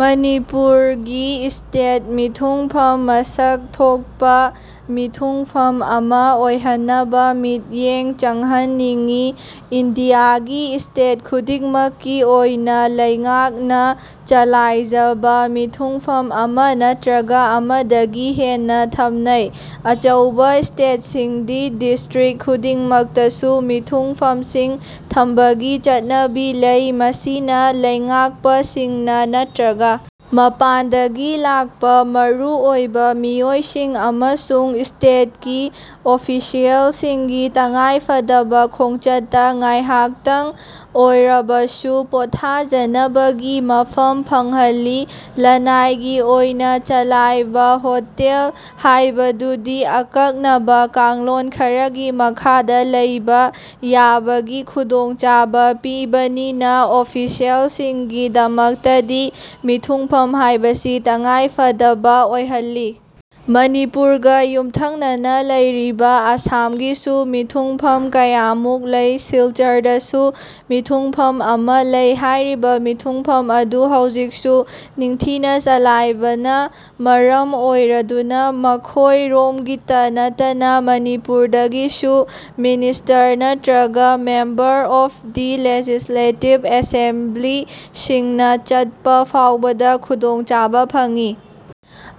ꯃꯅꯤꯄꯨꯔꯒꯤ ꯁ꯭ꯇꯦꯠ ꯃꯤꯊꯨꯡꯐꯝ ꯃꯁꯛ ꯊꯣꯛꯄ ꯃꯤꯊꯨꯡꯐꯝ ꯑꯃ ꯑꯣꯏꯍꯟꯅꯕ ꯃꯤꯠꯌꯦꯡ ꯆꯡꯍꯟꯅꯤꯡꯏ꯫ ꯏꯟꯗꯤꯌꯥꯒꯤ ꯁ꯭ꯇꯦꯠ ꯈꯨꯗꯤꯡꯃꯛꯀꯤ ꯑꯣꯏꯅ ꯂꯩꯉꯥꯛꯅ ꯆꯂꯥꯏꯖꯕ ꯃꯤꯊꯨꯡꯐꯝ ꯑꯃ ꯅꯠꯇ꯭ꯔꯒ ꯑꯃꯗꯒꯤ ꯍꯦꯅꯅ ꯊꯝꯅꯩ꯫ ꯑꯆꯧꯕ ꯁ꯭ꯇꯦꯠꯁꯤꯡꯗꯤ ꯗꯤꯁ꯭ꯇ꯭ꯔꯤꯛꯠ ꯈꯨꯗꯤꯡꯃꯛꯇꯁꯨ ꯃꯤꯊꯨꯡꯐꯝꯁꯤꯡ ꯊꯝꯕꯒꯤ ꯆꯠꯅꯕꯤ ꯂꯩ꯫ ꯃꯁꯤꯅ ꯂꯩꯉꯥꯛꯄꯁꯤꯡꯅ ꯅꯠꯇ꯭ꯔꯒ ꯃꯄꯥꯟꯗꯒꯤ ꯂꯥꯛꯄ ꯃꯔꯨꯑꯣꯏꯕ ꯃꯤꯑꯣꯏꯁꯤꯡ ꯑꯃꯁꯨꯡ ꯁ꯭ꯇꯦꯠꯀꯤ ꯑꯣꯐꯤꯁꯤꯌꯦꯜꯁꯤꯡꯒꯤ ꯇꯉꯥꯏꯐꯗꯕ ꯈꯣꯡꯆꯠꯇ ꯉꯥꯏꯍꯥꯛꯇꯡ ꯑꯣꯔꯕꯁꯨ ꯄꯣꯊꯥꯖꯅꯕꯒꯤ ꯃꯐꯝ ꯐꯪꯍꯜꯂꯤ꯫ ꯂꯟꯅꯥꯏꯒꯤ ꯑꯣꯏꯅ ꯆꯂꯥꯏꯕ ꯍꯣꯇꯦꯜ ꯍꯥꯏꯕꯗꯨꯗꯤ ꯑꯀꯛꯅꯕ ꯀꯥꯡꯂꯣꯟ ꯈꯔꯒꯤ ꯃꯈꯥꯗ ꯂꯩꯕ ꯌꯥꯕꯒꯤ ꯈꯨꯗꯣꯡꯆꯥꯕ ꯄꯤꯕꯅꯤꯅ ꯑꯣꯐꯤꯁꯤꯌꯦꯜꯁꯤꯡꯒꯤ ꯗꯃꯛꯇꯗꯤ ꯃꯤꯊꯨꯡꯐꯝ ꯍꯥꯏꯕꯁꯤ ꯇꯉꯥꯏꯐꯗꯕ ꯑꯣꯏꯍꯜꯂꯤ꯫ ꯃꯅꯤꯄꯨꯔꯒ ꯌꯨꯝꯊꯡꯅꯅ ꯂꯩꯔꯤꯕ ꯑꯁꯥꯝꯒꯤꯁꯨ ꯃꯤꯊꯨꯡꯐꯝ ꯀꯌꯥꯃꯨꯛ ꯂꯩ꯫ ꯁꯤꯜꯆꯔꯗꯁꯨ ꯃꯤꯊꯨꯡꯐꯝ ꯑꯃ ꯂꯩ꯫ ꯍꯥꯏꯔꯤꯕ ꯃꯤꯊꯨꯡꯐꯝ ꯑꯗꯨ ꯍꯧꯖꯤꯛꯁꯨ ꯅꯤꯡꯊꯤꯅ ꯆꯂꯥꯏꯕꯅ ꯃꯔꯝ ꯑꯣꯏꯔꯗꯨꯅ ꯃꯈꯣꯏꯔꯣꯝꯒꯤꯇ ꯅꯠꯇꯅ ꯃꯅꯤꯄꯨꯔꯗꯒꯤꯁꯨ ꯃꯤꯅꯤꯁ꯭ꯇꯔ ꯅꯠꯇ꯭ꯔꯒ ꯃꯦꯝꯕꯔ ꯑꯣꯐ ꯗ ꯂꯦꯖꯤꯁꯂꯦꯇꯤꯚ ꯑꯦꯁꯦꯝꯕ꯭ꯂꯤꯁꯤꯡꯅ ꯆꯠꯄ ꯐꯥꯎꯕꯗ ꯈꯨꯗꯣꯡꯆꯥꯕ ꯐꯪꯏ꯫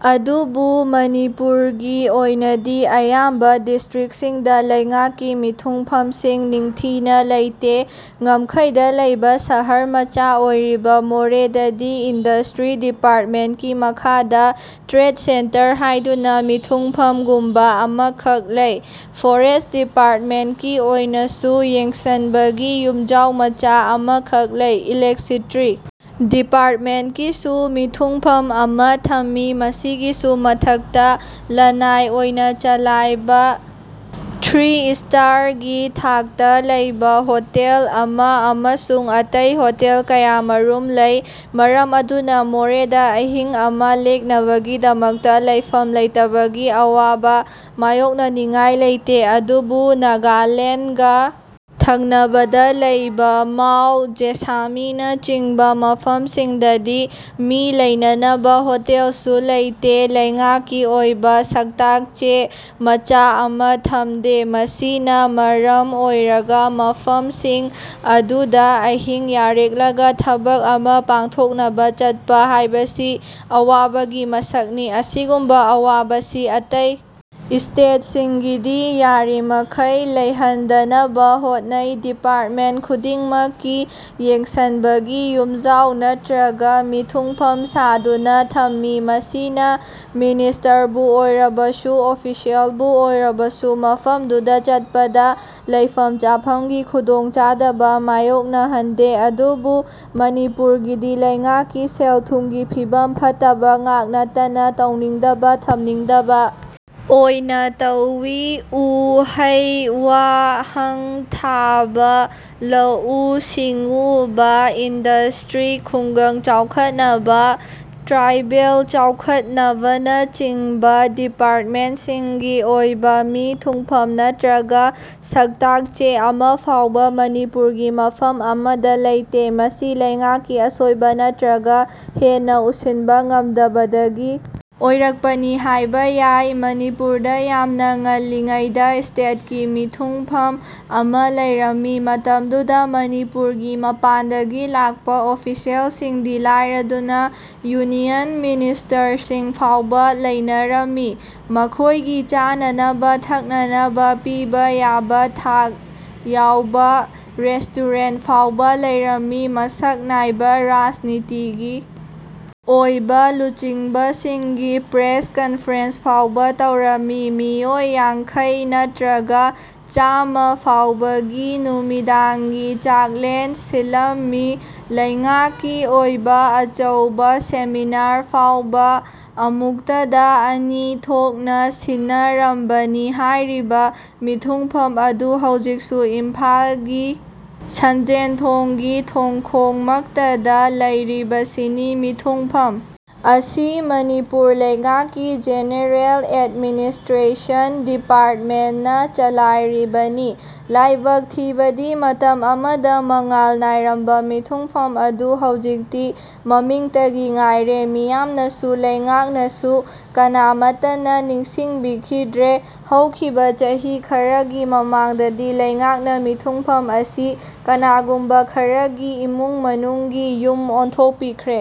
ꯑꯗꯨꯕꯨ ꯃꯅꯤꯄꯨꯔꯒꯤ ꯑꯣꯏꯅꯗꯤ ꯑꯌꯥꯝꯕ ꯗꯤꯁ꯭ꯇ꯭ꯔꯤꯛꯠꯁꯤꯡꯗ ꯂꯩꯉꯥꯛꯀꯤ ꯃꯤꯊꯨꯡꯐꯝꯁꯤꯡ ꯅꯤꯡꯊꯤꯅ ꯂꯩꯇꯦ꯫ ꯉꯝꯈꯩꯗ ꯂꯩꯕ ꯁꯍꯔ ꯃꯆꯥ ꯑꯣꯏꯔꯤꯕ ꯃꯣꯔꯦꯗꯗꯤ ꯏꯟꯗꯁ꯭ꯇ꯭ꯔꯤ ꯗꯤꯄꯥꯔꯠꯃꯦꯟꯠꯀꯤ ꯃꯈꯥꯗ ꯇ꯭ꯔꯦꯗ ꯁꯦꯟꯇꯔ ꯍꯥꯏꯗꯨꯅ ꯃꯤꯊꯨꯡꯐꯝꯒꯨꯝꯕ ꯑꯃꯈꯛ ꯂꯩ꯫ ꯐꯣꯔꯦꯁꯠ ꯗꯤꯄꯥꯔꯠꯃꯦꯟꯠꯀꯤ ꯑꯣꯏꯅꯁꯨ ꯌꯦꯡꯁꯟꯕꯒꯤ ꯌꯨꯝꯖꯥꯎ ꯃꯆꯥ ꯑꯃꯈꯛ ꯂꯩ꯫ ꯏꯂꯦꯛꯁꯤꯇꯔꯤ ꯗꯤꯄꯥꯔꯠꯃꯦꯟꯠꯀꯤꯁꯨ ꯃꯤꯊꯨꯡꯐꯝ ꯑꯃ ꯊꯝꯃꯤ꯫ ꯃꯁꯤꯒꯤꯁꯨ ꯃꯊꯛꯇ ꯂꯟꯅꯥꯏ ꯑꯣꯏꯅ ꯆꯂꯥꯏꯕ ꯊ꯭ꯔꯤ ꯁ꯭ꯇꯔꯒꯤ ꯊꯥꯛꯇ ꯂꯩꯕ ꯍꯣꯇꯦꯜ ꯑꯃ ꯑꯃꯁꯨꯡ ꯑꯇꯩ ꯍꯣꯇꯦꯜ ꯀꯌꯥꯃꯔꯨꯝ ꯂꯩ꯫ ꯃꯔꯝ ꯑꯗꯨꯅ ꯃꯣꯔꯦꯗ ꯑꯍꯤꯡ ꯑꯃ ꯂꯦꯛꯅꯕꯒꯤꯗꯃꯛꯇ ꯂꯩꯐꯝ ꯂꯩꯇꯕꯒꯤ ꯑꯋꯥꯕ ꯃꯥꯌꯣꯛꯅꯅꯤꯉꯥꯏ ꯂꯩꯇꯦ꯫ ꯑꯗꯨꯕꯨ ꯅꯥꯒꯥꯂꯦꯟꯗꯒ ꯊꯪꯅꯕꯗ ꯂꯩꯕ ꯃꯥꯎ, ꯖꯦꯁꯥꯃꯤꯅꯆꯤꯡꯕ ꯃꯐꯝꯁꯤꯡꯗꯗꯤ ꯃꯤ ꯂꯩꯅꯅꯕ ꯍꯣꯇꯦꯜꯁꯨ ꯂꯩꯇꯦ, ꯂꯩꯉꯥꯛꯀꯤ ꯑꯣꯏꯕ ꯁꯛꯇꯥꯛ ꯆꯦ ꯃꯆꯥ ꯑꯃ ꯊꯝꯗꯦ꯫ ꯃꯁꯤꯅ ꯃꯔꯝ ꯑꯣꯏꯔꯒ ꯃꯐꯝꯁꯤꯡ ꯑꯗꯨꯗ ꯑꯍꯤꯡ ꯌꯥꯔꯦꯛꯂꯒ ꯊꯕꯛ ꯑꯃ ꯄꯥꯡꯊꯣꯛꯅꯕ ꯆꯠꯄ ꯍꯥꯏꯕꯁꯤ ꯑꯋꯥꯕꯒꯤ ꯃꯁꯛꯅꯤ꯫ ꯑꯁꯤꯒꯨꯝꯕ ꯑꯋꯥꯕꯁꯤ ꯑꯇꯩ ꯁ꯭ꯇꯦꯠꯁꯤꯡꯒꯤꯗꯤ ꯌꯥꯔꯤꯃꯈꯩ ꯂꯩꯍꯟꯗꯅꯕ ꯍꯣꯠꯅꯩ꯫ ꯗꯤꯄꯥꯔꯠꯃꯦꯟꯠ ꯈꯨꯗꯤꯡꯃꯛꯀꯤ ꯌꯦꯡꯁꯟꯕꯒꯤ ꯌꯨꯝꯖꯥꯎ ꯅꯠꯇ꯭ꯔꯒ ꯃꯤꯊꯨꯡꯐꯝ ꯁꯥꯗꯨꯅ ꯊꯝꯃꯤ꯫ ꯃꯁꯤꯅ ꯃꯤꯅꯤꯁ꯭ꯇꯔꯕꯨ ꯑꯣꯏꯔꯕꯁꯨ, ꯑꯣꯐꯤꯁꯤꯌꯦꯜꯕꯨ ꯑꯣꯏꯔꯕꯁꯨ ꯃꯐꯝꯗꯨꯗ ꯆꯠꯄꯗ ꯂꯩꯐꯝ ꯆꯥꯐꯝꯒꯤ ꯈꯨꯗꯣꯡꯆꯥꯗꯕ ꯃꯥꯌꯣꯛꯅꯍꯟꯗꯦ꯫ ꯑꯗꯨꯕꯨ ꯃꯅꯤꯄꯨꯔꯒꯤꯗꯤ ꯂꯩꯉꯥꯛꯀꯤ ꯁꯦꯜ ꯊꯨꯝꯒꯤ ꯐꯤꯚꯝ ꯐꯠꯇꯕꯉꯥꯛ ꯅꯠꯇꯅ ꯇꯧꯅꯤꯡꯗꯕ, ꯊꯝꯅꯤꯡꯗꯕ ꯑꯣꯏꯅ ꯇꯧꯏ꯫ ꯎ ꯍꯩ ꯋꯥ ꯍꯪ ꯊꯥꯕ, ꯂꯧꯎ ꯁꯤꯡꯎꯕ, ꯏꯟꯗꯁ꯭ꯇ꯭ꯔꯤ, ꯈꯨꯡꯒꯪ ꯆꯥꯎꯈꯠꯅꯕ, ꯇ꯭ꯔꯥꯏꯕꯦꯜ ꯆꯥꯎꯈꯠꯅꯕꯅꯆꯤꯡꯕ ꯗꯤꯄꯥꯔꯠꯃꯦꯟꯠꯁꯤꯡꯒꯤ ꯑꯣꯏꯕ ꯃꯤꯊꯨꯡꯐꯝ ꯅꯠꯇ꯭ꯔꯒ ꯁꯛꯇꯥꯛ ꯆꯦ ꯑꯃꯐꯥꯎꯕ ꯃꯅꯤꯄꯨꯔꯒꯤ ꯃꯐꯝ ꯑꯃꯗ ꯂꯩꯇꯦ꯫ ꯃꯁꯤ ꯂꯩꯉꯥꯛꯀꯤ ꯑꯁꯣꯏꯕ ꯅꯠꯇ꯭ꯔꯒ ꯍꯦꯟꯅ ꯎꯁꯤꯟꯕ ꯉꯝꯗꯕꯗꯒꯤ ꯑꯣꯏꯔꯛꯄꯅꯤ ꯍꯥꯏꯕ ꯌꯥꯏ꯫ ꯃꯅꯤꯄꯨꯔꯗ ꯌꯥꯝꯅ ꯉꯜꯂꯤꯉꯩꯗ ꯁ꯭ꯇꯦꯠꯀꯤ ꯃꯤꯊꯨꯡꯐꯝ ꯑꯃ ꯂꯩꯔꯝꯃꯤ꯫ ꯃꯇꯝꯗꯨꯗ ꯃꯅꯤꯄꯨꯔꯒꯤ ꯃꯄꯥꯟꯗꯒꯤ ꯂꯥꯛꯄ ꯑꯣꯐꯤꯁꯤꯌꯦꯜꯁꯤꯡꯗꯤ ꯂꯥꯏꯔꯗꯨꯅ ꯌꯨꯅꯤꯌꯟ ꯃꯤꯅꯤꯁ꯭ꯇꯔꯁꯤꯡ ꯐꯥꯎꯕ ꯂꯩꯅꯔꯝꯃꯤ꯫ ꯃꯈꯣꯏꯒꯤ ꯆꯥꯅꯅꯕ ꯊꯛꯅꯅꯕ ꯄꯤꯕ ꯌꯥꯕ ꯊꯥꯛ ꯌꯥꯎꯕ ꯔꯦꯁ꯭ꯇꯨꯔꯦꯟꯠ ꯐꯥꯎꯕ ꯂꯩꯔꯝꯃꯤ꯫ ꯃꯁꯛ ꯅꯥꯏꯕ ꯔꯥꯖꯅꯤꯇꯤꯒꯤ ꯑꯣꯏꯕ ꯂꯨꯆꯤꯡꯕꯁꯤꯡꯒꯤ ꯄ꯭ꯔꯦꯁ ꯀꯟꯐꯔꯦꯟꯁ ꯐꯥꯎꯕ ꯇꯧꯔꯝꯃꯤ꯫ ꯃꯤꯑꯣꯏ ꯌꯥꯡꯈꯩ ꯅꯠꯇ꯭ꯔꯒ ꯆꯥꯃ ꯐꯥꯎꯕꯒꯤ ꯅꯨꯃꯤꯗꯥꯡꯒꯤ ꯆꯥꯛꯂꯦꯟ ꯁꯤꯜꯂꯝꯃꯤ꯫ ꯂꯩꯉꯥꯛꯀꯤ ꯑꯣꯏꯕ ꯑꯆꯧꯕ ꯁꯦꯃꯤꯅꯥꯔ ꯐꯥꯎꯕ ꯑꯃꯨꯛꯇꯗ ꯑꯅꯤ ꯊꯣꯛꯅ ꯁꯤꯟꯅꯔꯝꯕꯅꯤ꯫ ꯍꯥꯏꯔꯤꯕ ꯃꯤꯊꯨꯡꯐꯝ ꯑꯗꯨ ꯍꯧꯖꯤꯛꯁꯨ ꯏꯝꯐꯥꯜꯒꯤ ꯁꯟꯖꯦꯟꯊꯣꯡꯒꯤ ꯊꯣꯡꯈꯣꯡ ꯃꯛꯇꯗ ꯂꯩꯔꯤꯕꯁꯤꯅꯤ꯫ ꯃꯤꯊꯨꯡꯐꯝ ꯑꯁꯤ ꯃꯅꯤꯄꯨꯔ ꯂꯩꯉꯥꯛꯀꯤ ꯖꯦꯅꯦꯔꯦꯜ ꯑꯦꯗꯃꯤꯅꯤꯁꯇ꯭ꯔꯦꯁꯟ ꯗꯤꯄꯥꯔꯠꯃꯦꯟꯠꯅ ꯆꯂꯥꯏꯔꯤꯕꯅꯤ꯫ ꯂꯥꯏꯕꯛ ꯊꯤꯕꯗꯤ ꯃꯇꯝ ꯑꯃꯗ ꯃꯉꯥꯜ ꯅꯥꯏꯔꯝꯕ ꯃꯤꯊꯨꯡꯐꯝ ꯑꯗꯨ ꯍꯧꯖꯤꯛꯇꯤ ꯃꯃꯤꯡꯇꯒꯤ ꯉꯥꯏꯔꯦ꯫ ꯃꯤꯌꯥꯝꯅꯁꯨ, ꯂꯩꯉꯥꯛꯅꯁꯨ ꯀꯅꯥꯃꯠꯇꯅ ꯅꯤꯡꯁꯤꯡꯕꯤꯈꯤꯗ꯭ꯔꯦ꯫ ꯍꯧꯈꯤꯕ ꯆꯍꯤ ꯈꯔꯒꯤ ꯃꯃꯥꯡꯗꯗꯤ ꯂꯩꯉꯥꯛꯅ ꯃꯤꯊꯨꯡꯐꯝ ꯑꯁꯤ ꯀꯅꯥꯒꯨꯝꯕ ꯈꯔꯒꯤ ꯏꯃꯨꯡ ꯃꯅꯨꯡꯒꯤ ꯌꯨꯝ ꯑꯣꯟꯊꯣꯛꯄꯤꯈ꯭ꯔꯦ꯫